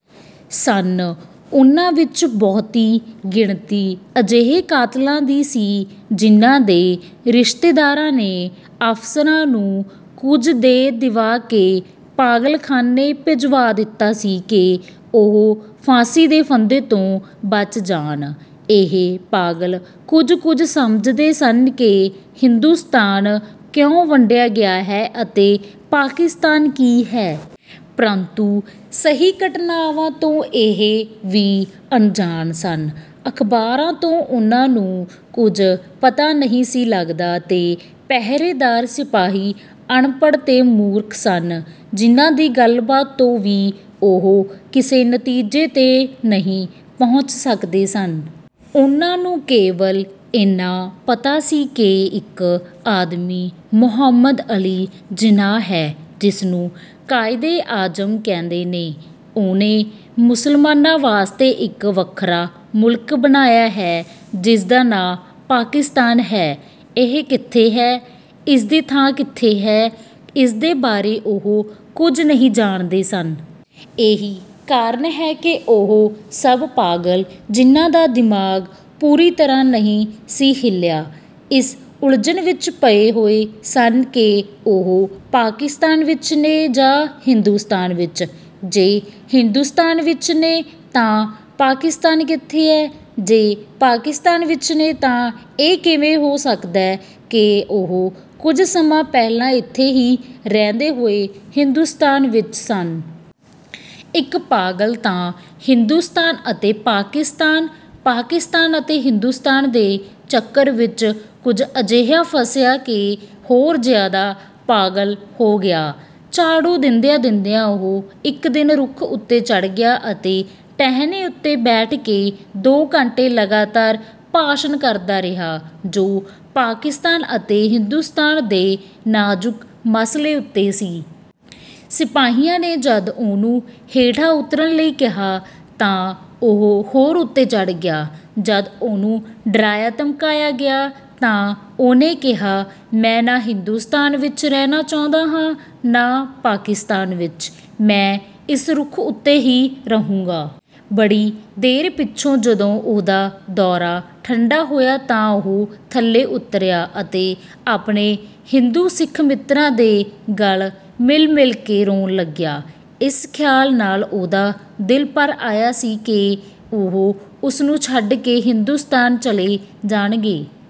ਸਨ। ਉਨ੍ਹਾਂ ਵਿਚ ਬਹੁਤੀ ਗਿਣਤੀ ਅਜਿਹੇ ਕਾਤਲਾਂ ਦੀ ਸੀ ਜਿਨ੍ਹਾਂ ਦੇ ਰਿਸ਼ਤੇਦਾਰਾਂ ਨੇ ਅਫ਼ਸਰਾਂ ਨੂੰ ਕੁਝ ਦੇ ਦਿਵਾ ਕੇ ਪਾਗਲਖਾਨੇ ਭਿਜਵਾ ਦਿੱਤਾ ਸੀ ਕਿ ਉਹ ਫਾਂਸੀ ਦੇ ਫੰਧੇ ਤੋਂ ਬਚ ਜਾਣ। ਇਹ ਪਾਗਲ ਕੁਝ-ਕੁਝ ਸਮਝਦੇ ਸਨ ਕਿ ਹਿੰਦੁਸਤਾਨ ਕਿਉਂ ਵੰਡਿਆ ਗਿਆ ਹੈ ਅਤੇ ਪਾਕਿਸਤਾਨ ਕੀ ਹੈ। ਪ੍ਰੰਤੂ ਸਹੀ ਘਟਨਾਵਾਂ ਤੋਂ ਇਹ ਵੀ ਅਣਜਾਣ ਸਨ। ਅਖ਼ਬਾਰਾਂ ਤੋਂ ਉਨ੍ਹਾਂ ਨੂੰ ਕੁਝ ਪਤਾ ਨਹੀਂ ਸੀ ਲੱਗਦਾ ਤੇ ਪਹਿਰੇਦਾਰ ਸਿਪਾਹੀ ਅਨਪੜ੍ਹ ਤੇ ਮੂਰਖ ਸਨ ਜਿਨ੍ਹਾਂ ਦੀ ਗੱਲਬਾਤ ਤੋਂ ਵੀ ਉਹ ਕਿਸੇ ਨਤੀਜੇ ਤੇ ਨਹੀਂ ਪਹੁੰਚ ਸਕਦੇ ਸਨ। ਉਨ੍ਹਾਂ ਨੂੰ ਕੇਵਲ ਏਨਾ ਪਤਾ ਸੀ ਕਿ ਇੱਕ ਆਦਮੀ ਮੁਹੰਮਦ ਅਲੀ ਜਿਨਾਹ ਹੈ ਜਿਸਨੂੰ ਕਾਇਦੇ-ਆਜ਼ਮ ਕਹਿੰਦੇ ਨੇ। ਉਹਨੇ ਮੁਸਲਮਾਨਾਂ ਵਾਸਤੇ ਇੱਕ ਵੱਖਰਾ ਮੁਲਕ ਬਣਾਇਆ ਹੈ ਜਿਸਦਾ ਨਾਂ ਪਾਕਿਸਤਾਨ ਹੈ। ਇਹ ਕਿੱਥੇ ਹੈ, ਇਸਦੀ ਥਾਂ ਕਿੱਥੇ ਹੈ, ਇਸਦੇ ਬਾਰੇ ਉਹ ਕੁਝ ਨਹੀਂ ਜਾਣਦੇ ਸਨ। ਇਹੀ ਕਾਰਨ ਹੈ ਕਿ ਉਹ ਸਭ ਪਾਗਲ ਜਿਨ੍ਹਾਂ ਦਾ ਦਿਮਾਗ ਪੂਰੀ ਤਰ੍ਹਾਂ ਨਹੀਂ ਸੀ ਹਿੱਲਿਆ, ਇਸ ਉਲਝਣ ਵਿਚ ਪਏ ਹੋਏ ਸਨ ਕਿ ਉਹ ਪਾਕਿਸਤਾਨ ਵਿਚ ਨੇ ਜਾਂ ਹਿੰਦੁਸਤਾਨ ਵਿਚ। ਜੇ ਹਿੰਦੁਸਤਾਨ ਵਿਚ ਨੇ ਤਾਂ ਪਾਕਿਸਤਾਨ ਕਿੱਥੇ ਐ, ਜੇ ਪਾਕਿਸਤਾਨ ਵਿਚ ਨੇ ਤਾਂ ਇਹ ਕਿਵੇਂ ਹੋ ਸਕਦੈ ਕਿ ਉਹ ਕੁਝ ਸਮਾਂ ਪਹਿਲਾਂ ਇਥੇ ਹੀ ਰਹਿੰਦੇ ਹੋਏ ਹਿੰਦੁਸਤਾਨ ਵਿਚ ਸਨ। ਇਕ ਪਾਗਲ ਤਾਂ ਹਿੰਦੁਸਤਾਨ ਅਤੇ ਪਾਕਿਸਤਾਨ, ਪਾਕਿਸਤਾਨ ਅਤੇ ਹਿੰਦੁਸਤਾਨ ਦੇ ਚੱਕਰ ਵਿਚ ਕੁਝ ਅਜਿਹਾ ਫਸਿਆ ਕਿ ਹੋਰ ਜ਼ਿਆਦਾ ਪਾਗਲ ਹੋ ਗਿਆ। ਝਾੜੂ ਦਿੰਦਿਆਂ-ਦਿੰਦਿਆਂ ਉਹ ਇਕ ਦਿਨ ਰੁੱਖ ਉੱਤੇ ਚੜ੍ਹ ਗਿਆ ਅਤੇ ਟਹਿਣੇ ਉੱਤੇ ਬੈਠ ਕੇ ਦੋ ਘੰਟੇ ਲਗਾਤਾਰ ਭਾਸ਼ਣ ਕਰਦਾ ਰਿਹਾ ਜੋ ਪਾਕਿਸਤਾਨ ਅਤੇ ਹਿੰਦੁਸਤਾਨ ਦੇ ਨਾਜ਼ੁਕ ਮਸਲੇ ਉੱਤੇ ਸੀ। ਸਿਪਾਹੀਆਂ ਨੇ ਜਦ ਉਹਨੂੰ ਹੇਠਾਂ ਉਤਰਨ ਲਈ ਕਿਹਾ ਤਾਂ ਉਹ ਹੋਰ ਉੱਤੇ ਚੜ੍ਹ ਗਿਆ। ਜਦ ਉਹਨੂੰ ਡਰਾਇਆ-ਧਮਕਾਇਆ ਗਿਆ ਤਾਂ ਉਹਨੇ ਕਿਹਾ, "ਮੈਂ ਨਾ ਹਿੰਦੁਸਤਾਨ ਵਿਚ ਰਹਿਣਾ ਚਾਹੁੰਦਾ ਹਾਂ ਨਾ ਪਾਕਿਸਤਾਨ ਵਿਚ। ਮੈਂ ਇਸ ਰੁੱਖ ਉੱਤੇ ਹੀ ਰਹੂੰਗਾ।" ਬੜੀ ਦੇਰ ਪਿਛੋਂ ਜਦੋ ਉਹਦਾ ਦੌਰਾ ਠੰਡਾ ਹੋਇਆ ਤਾਂ ਉਹ ਥੱਲੇ ਉਤਰਿਆ ਅਤੇ ਆਪਣੇ-ਹਿੰਦੂ ਸਿੱਖ ਮਿੱਤਰਾਂ ਦੇ ਗਲ ਮਿਲ-ਮਿਲ ਕੇ ਰੋਣ ਲੱਗਿਆ। ਇਸ ਖ਼ਿਆਲ ਨਾਲ ਉਹਦਾ ਦਿਲ ਭਰ ਆਇਆ ਸੀ ਕਿ ਉਹ ਉਸਨੂੰ ਛੱਡ ਕੇ ਹਿੰਦੁਸਤਾਨ ਚਲੇ ਜਾਣਗੇ।